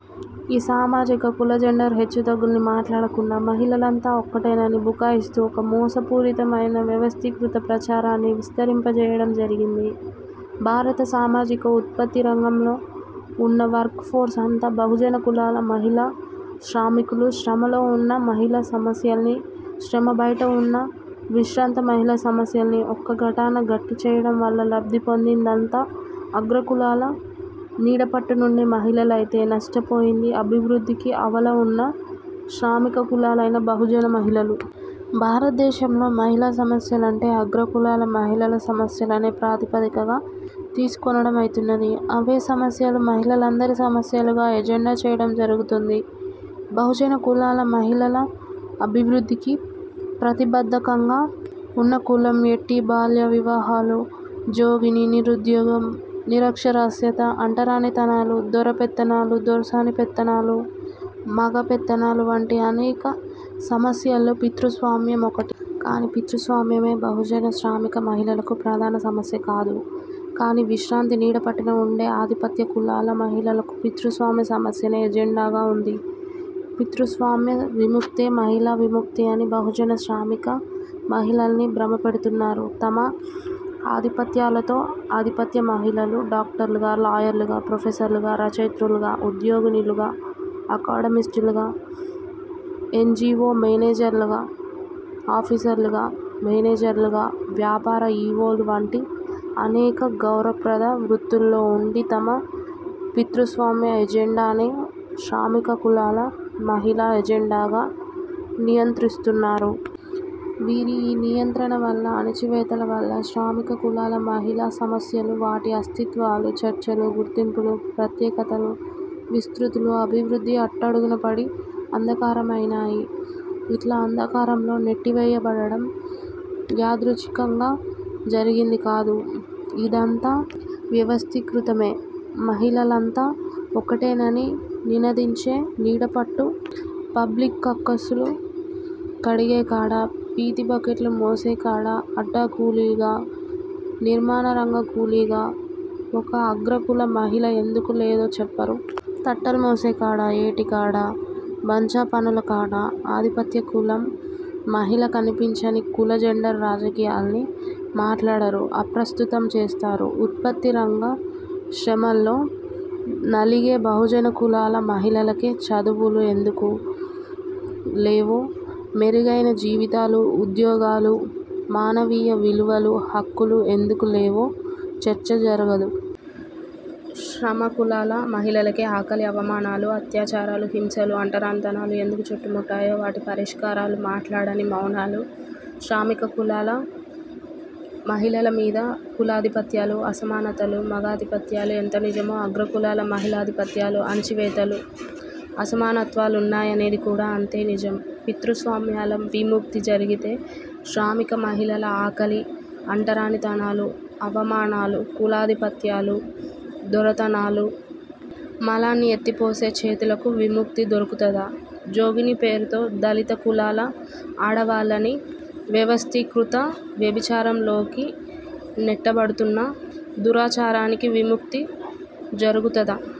ఈ సామాజిక కుల జెండర్ హెచ్చుతగ్గుల్ని మాట్లాడకుండా, మహిళలంతా ఒక్కటేనని బుకాయిస్తూ ఒక మోసపూరితమైన వ్యవస్థీకృత ప్రచారాన్ని విస్తరింప జేయడం జరిగింది. భారత సామాజిక ఉత్పత్తి రంగంలో వున్న వర్క్ ఫోర్స్ అంతా బహుజన కులాల మహిళా శ్రామికులు. శ్రమలో వున్న మహిళా సమస్యల్ని, శ్రమ బైట వున్న విశ్రాంత మహిళా సమస్యల్ని ఒక గాటన గట్టి చూడడం వల్ల లబ్ధి పొందిందంతా అగ్రకుల నీడ పట్టునుండే మహిళలైతే, నష్టపోయింది అభివృద్ధికి ఆవల వున్న శ్రామిక కులాలైన బహుజన మహిళలు. భారతదేశంలో మహిళా సమస్యలంటే అగ్రకులాల మహిళల సమస్యలనే ప్రాతిపదికగా తీసుకొనడమైతున్నది, అవే సమస్యలు మహిళలందరి సమస్యలుగా ఎజెండా చేయడం జరుగుతుంది. బహుజన కులాల మహిళల అభివృద్ధికి ప్రతిబంధకంగా వున్న కులం, యెట్టి, బాల్య వివాహాలు, జోగినీ, నిరుద్యోగం, నిరక్షరాస్యత, అంటరానితనాలు, దొరపెత్తనాలు, దొర్సాని పెత్తనాలు, మగ పెత్తనాలు వంటి అనేక సమస్యల్లో పితృస్వామ్యం ఒకటి. కానీ పితృస్వామ్యమే బహుజన శ్రామిక మహిళకు ప్రధాన సమస్య కాదు. కానీ విశ్రాంతి నీడ పట్టున వుండే ఆధిపత్య కులాల మహిళకు పితృస్వామ్య సమస్యనే ఎజెండాగా వుంది. పితృస్వామ్య విముక్తే మహిళా విముక్తి అని బహుజన శ్రామిక మహిళల్ని భ్రమ పెడుతున్నారు తమ ఆధిపత్యాలతో. ఆధిపత్య మహిళలు డాక్టర్లుగా, లాయర్లుగా, ప్రొఫెసర్లుగా, రచయిత్రులుగా, ఉద్యోగినులుగా అకాడమిస్టులుగా, ఎన్జీవో మేనేజర్లుగా, ఆఫీసర్లుగా, మేనేజర్లుగా, వ్యాపార ఈవోలు వంటి అనేక గౌరవప్రద వృత్తుల్లో వుండి తమ పితృస్వామ్య ఎజెండానే శ్రామిక కులాల మహిళా ఎజెండాగా నియంత్రిస్తున్నారు. వీరి ఈ నియంత్రణ వల్ల అణచివేతల వల్ల శ్రామిక కులాల మహిళా సమస్యలు వాటి అస్తిత్వాలు, చర్చలు, గుర్తింపులు, ప్రత్యేకతలు, విస్తృతులు అభివృద్ధి అట్టడుగున పడిన అంధకారమైనాయి. ఇట్లా అంధకారంలోకి నెట్టివేయబడడం యాదృచ్ఛికంగా జరిగింది కాదు, యిదంతా వ్యవస్థీకృతమే. మహిళలంతా ఒక్కటేనని నినదించే నీడపట్టులు– పబ్లిక్ కక్కోసులు కడిగే కాడ, పీతి బకెట్లు మోసే కాడ, అడ్డా కూలీగా, నిర్మాణరంగ కూలీగా ఒక్క అగ్రకుల మహిళ ఎందుకు లేదో చెప్పరు. తట్టలు మోసే కాడ, యెట్టి కాడ, బాంచ పనుల కాడ ఆధిపత్య కులం మహిళ కనిపించని కుల జెండర్ రాజకీయాల్ని మాట్లాడరు, అప్రస్తుతం చేస్తరు. ఉత్పత్తి రంగ శ్రమల్లో నలిగే బహుజన కులాల మహిళలకే చదువులు ఎందుకు లేవో, మెరుగైన జీవితాలు, ఉద్యోగాలు, మానవీయ విలువలు, హక్కులు ఎందుకులేవో చర్చ జరగదు. శ్రమకులాల మహిళలకే ఆకలి, అవమానాలు, అత్యాచారాలు, హింసలు, అంటరానితనాలు ఎందుకు చుట్టుకున్నాయో వాటి పరిష్కారాలు మాట్లాడని మౌనాలు. శ్రామిక కులాల మహిళల మీద కులాధిపత్యాలు, అసమానతలు, మగాధిపత్యాలు ఎంత నిజమో, అగ్రకుల మహిళాధిపత్యాలు, అణచివేతలు, అసమానత్వాలున్నాయనేది కూడా అంతే నిజం. పితృస్వామ్యాల విముక్తి జరిగితే శ్రామిక మహిళల ఆకలి, అంటరానితనాలు, అవమానాలు, కులాధిపత్యాలు, దొరతనాలు, మలాన్ని ఎత్తిపోసే చేతులకు విముక్తి దొర్కుతదా, జోగినీ పేరుతో దళిత కులాల ఆడవాళ్లని వ్యవస్థీకృత వ్యభిచారంలోకి నెట్టబడుతున్న దురాచారానికి విముక్తి జరుగుతదా!